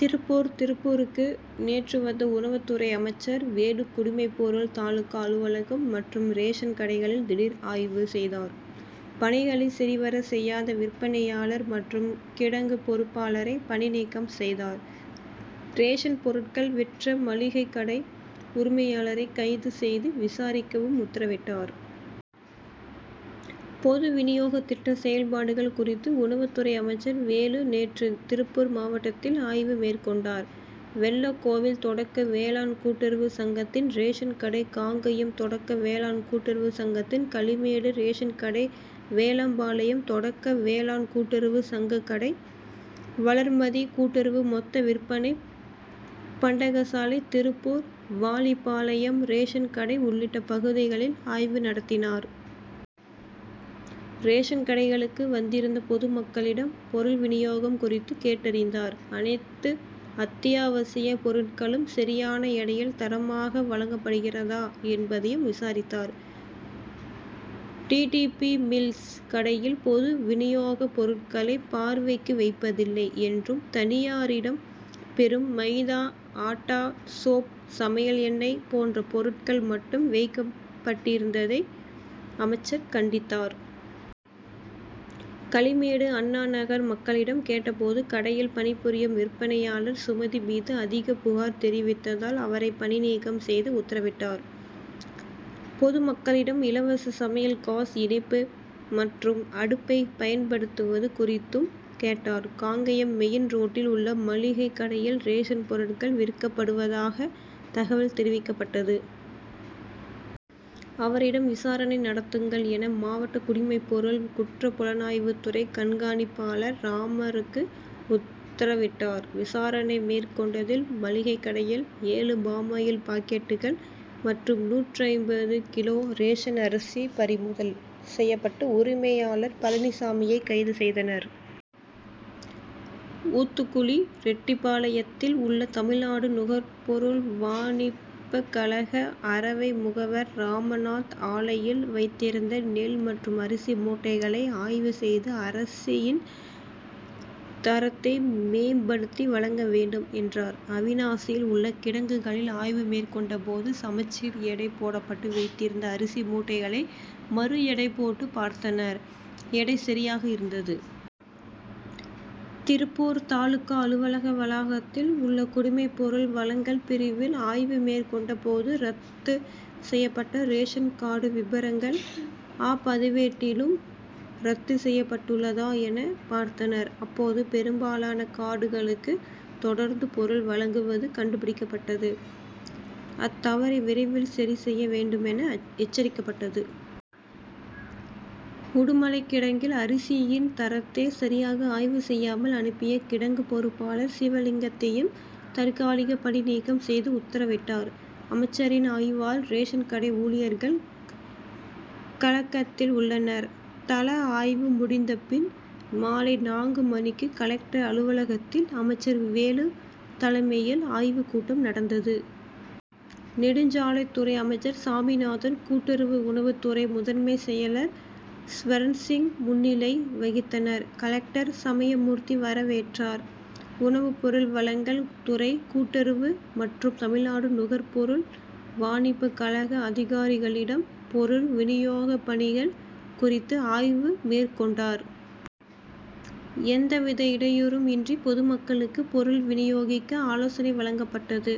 திருப்பூர் திருப்பூருக்கு நேற்று வந்த உணவுத்துறை அமைச்சர் வேலு குடிமைப்பொருள் தாலுகா அலுவலகம் மற்றும் ரேஷன் கடைகளில் திடீர் ஆய்வு செய்தார். பணிகளை சரிவர செய்யாத விற்பனை யாளர் மற்றும் கிடங்கு பொறுப்பாளரை பணி நீக்கம் செய்தார். ரேஷன் பொருட்கள் விற்ற மளிகைக் கடை உரிமையாளரை கைது செய்து விசாரிக்கவும் உத்தரவிட்டார். பொது வினியோக திட்ட செயல்பாடுகள் குறித்து உணவுத் துறை அமைச்சர் வேலு நேற்று திருப்பூர் மாவட்டத்தில் ஆய்வு மேற்கொண்டார். வெள்ள கோவில் தொடக்க வேளாண் கூட்டுறவு சங்கத்தின் ரேஷன் கடை காங்கயம் தொடக்க வேளாண் கூட்டுறவு சங்கத்தின் களிமேடு ரேஷன் கடை வேலம்பாளையம் தொடக்க வேளாண் கூட்டுறவு சங்க கடை வளர்மதி கூட்டுறவு மொத்த விற்பனை பண்டகசாலை திருப்பூர் வாலிபாளையம் ரேஷன் கடை உள்ளிட்ட பகுதிகளில் ஆய்வு நடத்தினார். ரேஷன் கடைகளுக்கு வந் திருந்த பொதுமக்களிடம் பொருள் வினியோகம் குறித்து கேட்டறிந்தார். அனைத்து அத்தி யாவசிய பொருட்களும் சரி யான எடையில் தரமாக வழங்கப்படுகிறதா என்பதையும் விசாரித்தார். டி. டி. பி. மில்ஸ் கடையில் பொது வினியோக பொருட்களை பார்வைக்கு வைப்பதில்லை என்றும் தனியாரிடம் பெறும் மைதா ஆட்டா சோப் சமையல் எண்ணெய் போன்ற பொருட்கள் மட்டும் வைக்கப்பட்டிருந்ததை அமைச்சர் கண்டித்தார். களிமேடு அண்ணா நகர் மக் களிடம் கேட்டபோது கடையில் பணிபுரியும் விற்பனை யாளர் சுமதி மீது அதிக புகார் தெரிவித்ததால் அவரை பணி நீக்கம் செய்து உத்தரவிட்டார். பொதுமக்களிடம் இலவச சமையல் காஸ் இணைப்பு மற்றும் அடுப்பை பயன்படுத்து வது குறித்தும் கேட்டார். காங்கயம் மெயின் ரோட்டில் உள்ள மளிகை கடையில் ரேஷன் பொருட்கள் விற்கப் படுவதாக தகவல் தெரிவிக்கப் பட்டது. அவரிடம் விசாரணை நடத்துங்கள் என மாவட்ட குடிமைப்பொருள் குற்றப் புலனாய்வு துறை கண்காணிப் பாளர் ராமருக்கு உத்தரவிட்டார். விசாரணை மேற்கொண்டதில் மளிகை கடையில் ஏழு பாமாயில் பாக்கெட்டுகள் மற்றும் நூற்று ஐம்பது கிலோ ரேஷன் அரிசி பறிமுதல் செய்யப்பட்டு உரிமை யாளர் பழனிசாமியை கைது செய்தனர். ஊத்துக்குளி ரெட்டிபாளையத்தில் உள்ள தமிழ்நாடு நுகர்பொருள் வாணிப கழக அரவை முகவர் ராமநாத் ஆலையில் வைத்திருந்த நெல் மற்றும் அரிசி மூட்டைகளை ஆய்வு செய்து அரிசியின் தரத்தை மேம்படுத்தி வழங்க வேண்டும் என்றார். அவிநாசியில் உள்ள கிடங்குகளில் ஆய்வு மேற்கொண்ட போது சமச்சீர் எடை போடப்பட்டு வைத்திருந்த அரிசி மூட்டைகளை மறு எடை போட்டு பார்த்தனர் எடை சரியாக இருந்தது. திருப்பூர் தாலுகா அலுவலக வளாகத்தில் உள்ள குடிமைப்பொருள் வழங்கல் பிரிவில் ஆய்வு மேற்கொண்ட போது ரத்து செய்யப்பட்ட ரேஷன் கார்டு விபரங்கள் 'அ' பதிவேட்டிலும் ரத்து செய்யப் பட்டுள்ளதா என பார்த்தனர். அப்போது பெரும்பாலான கார்டுகளுக்கு தொடர்ந்து பொருள் வழங்குவது கண்டுபிடிக்கப்பட்டது அத்தவறை விரைவில் சரி செய்ய வேண்டுமென எச்சரிக்கப்பட்டது. உடுமலை கிடங்கில் அரிசியின் தரத்தை சரியாக ஆய்வு செய்யாமல் அனுப்பிய கிடங்கு பொறுப்பாளர் சிவ லிங்கத்தையும் தற்காலிக பணி நீக்கம் செய்து உத்தரவிட்டார். அமைச்சரின் ஆய்வால் ரேஷன் கடை ஊழியர்கள் கலக்கத்தில் உள்ளனர். தல ஆய்வு முடிந்தபின் மாலை நான்கு மணிக்கு கலெக்டர் அலுவலகத்தில் அமைச்சர் வேலு தலைமையில் ஆய்வு கூட்டம் நடந்தது. நெடுஞ்சாலைத் துறை அமைச்சர் சாமிநாதன் கூட்டுறவு உணவுத் துறை முதன்மை செயலர் ஸ்வரன்சிங் முன்னிலை வகித்தனர். கலெக்டர் சமயமூர்த்தி வர வேற்றார். உணவு பொருள் வழங்கல் துறை கூட்டுறவு மற்றும் தமிழ்நாடு நுகர்பொருள் வாணிப கழக அதிகாரிகளிடம் பொருள் வினியோக பணிகள் குறித்து ஆய்வு மேற்கொண்டார். எவ்வித இடையூறும் இன்றி பொதுமக்களுக்கு பொருள் வினியோகிக்க ஆலோசனை வழங்கப்பட்டது.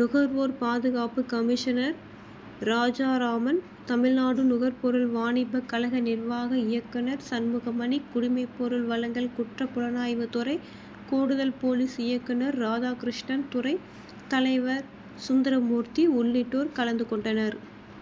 நுகர்வோர் பாதுகாப்பு கமிஷனர் ராஜா ராமன் தமிழ்நாடு நுகர்பொருள் வாணிப கழக நிர்வாக இயக் குனர் சண்முகமணி குடிமைப் பொருள் வழங்கல் குற்றப் புலனாய்வுத்துறை கூடுதல் போலீஸ் இயக்குனர் ராதா கிருஷ்ணன் துறை தலைவர் சுந்தரமூர்த்தி உள்ளிட்டோர் கலந்துகொண்டனர்.